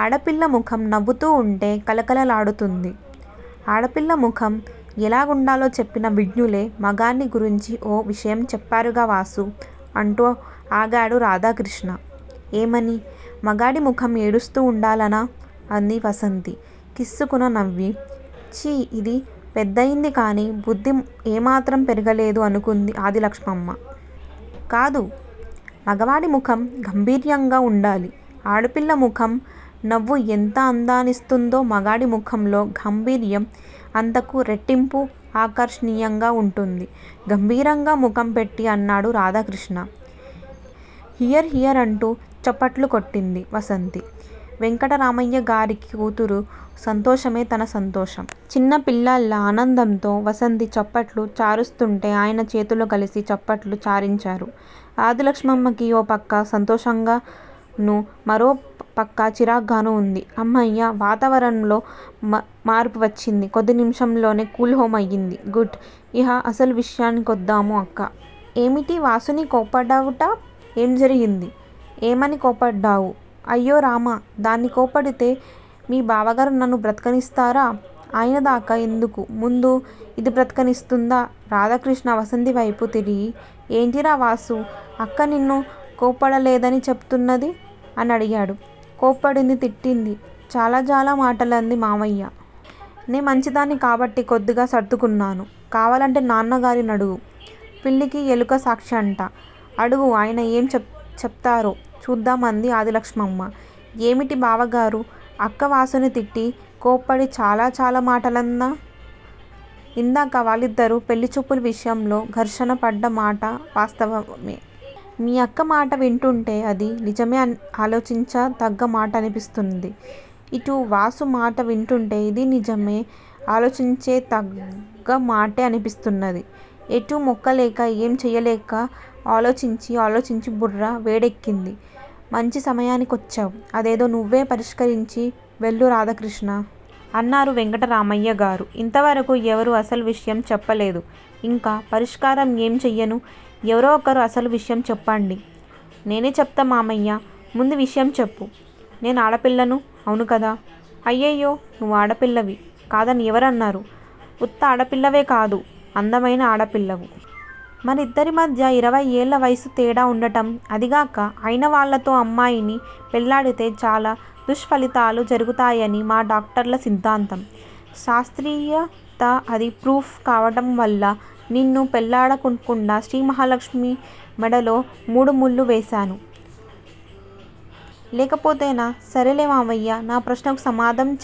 ఆడపిల్ల ముఖం నవ్వుతూ వుంటే కళకళలాడుతుంది. ఆడపిల్ల ముఖం ఎలాగుండాలో చెప్పిన విజ్ఞులే మగాణ్ని గురించి ఓ విషయం చెప్పారురా వాసూ! అంటూ ఆగాడు రాధాకృష్ణ. ఏమని? మగాడి ముఖం ఏడుస్తూ వుండాలనా? అంది వాసంతి కిసుక్కున నవ్వి. ఛీ ఇది పెద్దయిందిగాని బుద్ధి ఏమాత్రం పెరగలేదు అనుకుంది ఆదిలక్షమ్మ. కాదు. మగవాడి ముఖం గాంభీర్యంగా వుండాలి. ఆడపిల్ల ముఖం నవ్వు ఎంత అందాన్నిస్తుందో మగాడి ముఖంలో గాంభీర్యం అంతకు రెట్టింపు ఆకర్షణీయంగా వుంటుంది. గంభీరంగా ముఖం పెట్టి అన్నాడు రాధాకృష్ణ. హియర్ హియర్ అంటూ చప్పట్లు కొట్టింది వసంతి. వెంకట్రామయ్యగారికి కూతురి సంతోషమే తన సంతోషం. చిన్న పిల్లలా ఆనందంతో వసంతి చప్పట్లు చారుస్తుంటే ఆయనా చేతులు కలిసి చప్పట్లు చారించారు. ఆదిలక్షమ్మకి ఓ పక్క సంతోషంగాను మరో పక్క చిరాగ్గాను వుంది. అమ్మయ్య! వాతావరణంలో మార్పు వచ్చింది కొద్ది నిమిషములలోనే కూల్ హోమ్ అయింది. గుడ్. ఇహ అసలు విషయానికొద్దాము. అక్కా! ఏమిటి వాసూని కోప్పడ్డావుట? ఏం జరిగింది? ఏమని కోప్పడ్డావు? అయ్యోరామ! దాన్ని కోప్పడితే మీ బావగారు నన్ను బ్రతకనిస్తారా? ఆయనదాకా ఎందుకు ముందు యిది బ్రతకనిస్తుందా? రాధాకృష్ణ వసంతివైపు తిరిగి. ఏంటిరా వాసూ! అక్క నిన్ను కోప్పడలేదని చెపుతున్నది? అని అడిగాడు. కోప్పడింది తిట్టింది. చాలాచాలా మాటలంది మామయ్యా! నే మంచిదాన్ని కాబట్టి కొద్దిగా సర్దుకున్నాను. కావాలంటే నాన్నగారినడుగు. పిల్లికి ఎలుక సాక్ష్యంట. అడుగు ఆయన ఏం చెపుతారో చూద్దాం అంది ఆదిలక్షమ్మ. ఏమిటి బావగారూ! అక్క వాసూని తిట్టి కోప్పడి చాలా చాలా మాటలందా! ఇందాక వాళ్ళిద్దరూ పెళ్ళిచూపుల విషయంలో ఘర్షణ పడ్డ మాట వాస్తవమే. మీ అక్క మాట వింటుంటే అదీ నిజమే ఆలోచించతగ్గ మాట అనిపిస్తుంది. ఇటు వాసు మాట వింటుంటే ఇదీ నిజమే ఆలోచించే తగ్గ మాటే అనిపిస్తున్నది. ఎటూ మొగ్గలేక ఏం చెయ్యలేక ఆలోచించి ఆలోచించి బుర్ర వేడెక్కింది. మంచి సమయానికొచ్చావ్ అదేదో నువ్వే పరిష్కరించి వెళ్ళు రాధాకృష్ణా! అన్నారు వెంకట్రామయ్యగారు. ఇంతవరకూ ఎవరూ అసలు విషయం చెప్పలేదు. ఇంక పరిష్కారం ఏం చెయ్యను ఎవరో ఒకరు అసలు విషయం చెప్పండి. నేనే చెపుతా మామయ్యా! ముందీ విషయం చెప్పు. నేనాడపిల్లను అవునా కాదా? అయ్యయ్యో! నువ్వాడపిల్లవి కాదని ఎవరన్నారు? ఉత్త ఆడపిల్లవేకాదు అందమైన ఆడపిల్లవు. మనిద్దరిమధ్య యిరవై ఏళ్ళ వయసు తేడా వుండటం అదీగాక అయినవాళ్ళలో అమ్మాయిని పెళ్లాడితే చాలా దుష్పలితాలు జరుగుతాయని మా డాక్టర్ల సిద్ధాంతం. శాస్త్రయత్యా అది ప్రూవ్ కావటం వల్ల నిన్ను పెళ్ళాడకుండా శ్రీమహాలక్ష్మి మెడలో మూడుముళ్ళు వేశాను. లేకపోతేనా? సరేలే మామయ్య! నా ప్రశ్నకు సమాధానం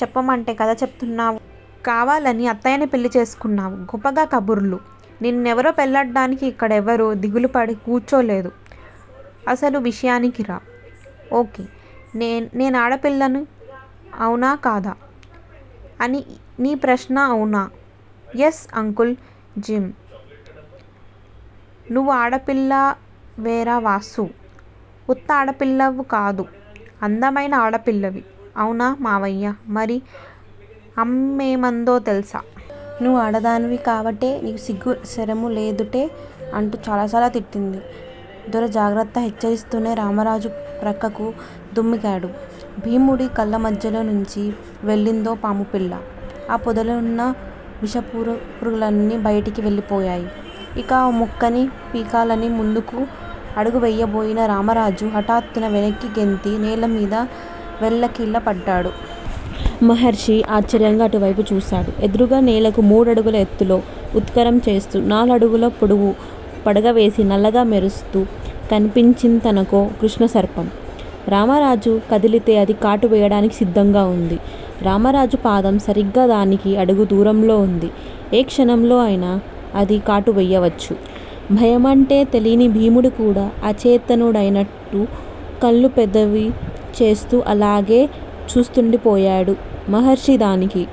చెప్పమంటే కథ చెపుతున్నా. కావాలని అత్తయ్యని పెళ్ళిచేసుకున్నావు. గొప్పగ కబుర్లు. నిన్నెవరూ పెళ్ళాడటానికి ఇక్కడెవరు దిగులుపడి కూర్చోలేదు. అసలు విషయానికిరా. ఓకే. నేనాడపిల్లను అవునా కాదా? అని నీ ప్రశ్న అవునా! Yes uncle Jim. నువ్వాడపిల్లవేరా వాసూ! ఉత్త ఆడపిల్లకాదు అందమైన ఆడపిల్లవి. అవునా మామయ్య! మరి అమ్మేమందో తెలుసా! నువ్వాడదానివి కావటే నీకు సిగ్గు సెరము లేదుటే! అంటూ చాలాచాలా తిట్టింది. దొరా జాగ్రత్త హెచ్చరిస్తూనే రామరాజు ప్రక్కకు దుమికాడు. భీముడి కళ్ళమధ్యలోనుంచి వెళ్ళిందో పాముపిల్ల. ఆ పొదలోవున్న విషపురుగులన్నీ బయటికి వెళ్ళిపోయాయి. ఇక ఆ మొక్కని పీకాలని ముందుకు అడుగువేయబోయిన రామరాజు హఠాత్తుగా వెనక్కి గెంతి నేలమీద వెల్లకిలా పడ్డాడు. మహర్షి ఆశ్చర్యంగా అటువేపు చూసాడు. ఎదురుగా నేలకు మూడడుగుల ఎత్తులో ఊత్కారం చేస్తూ నాలుగడుగుల పొడవు పడగవేసి నల్లగా మెరుస్తూ కనిపించిందతనకో కృష్ణసర్పం. రామరాజు కదిలితే అది కాటు వేయడానికి సిద్ధంగా వుంది. రామరాజు పాదం సరిగ్గా దానికి అడుగు దూరంలో వుంది. ఏ క్షణంలో అయినా అది కాటు వేయవచ్చు. భయమంటే తెలీని భీముడు కూడా అచేతనుడైనట్టు కళ్ళు పెద్దవి చేస్తూ అలాగే చూస్తుండిపోయాడు. మహర్షి దానికి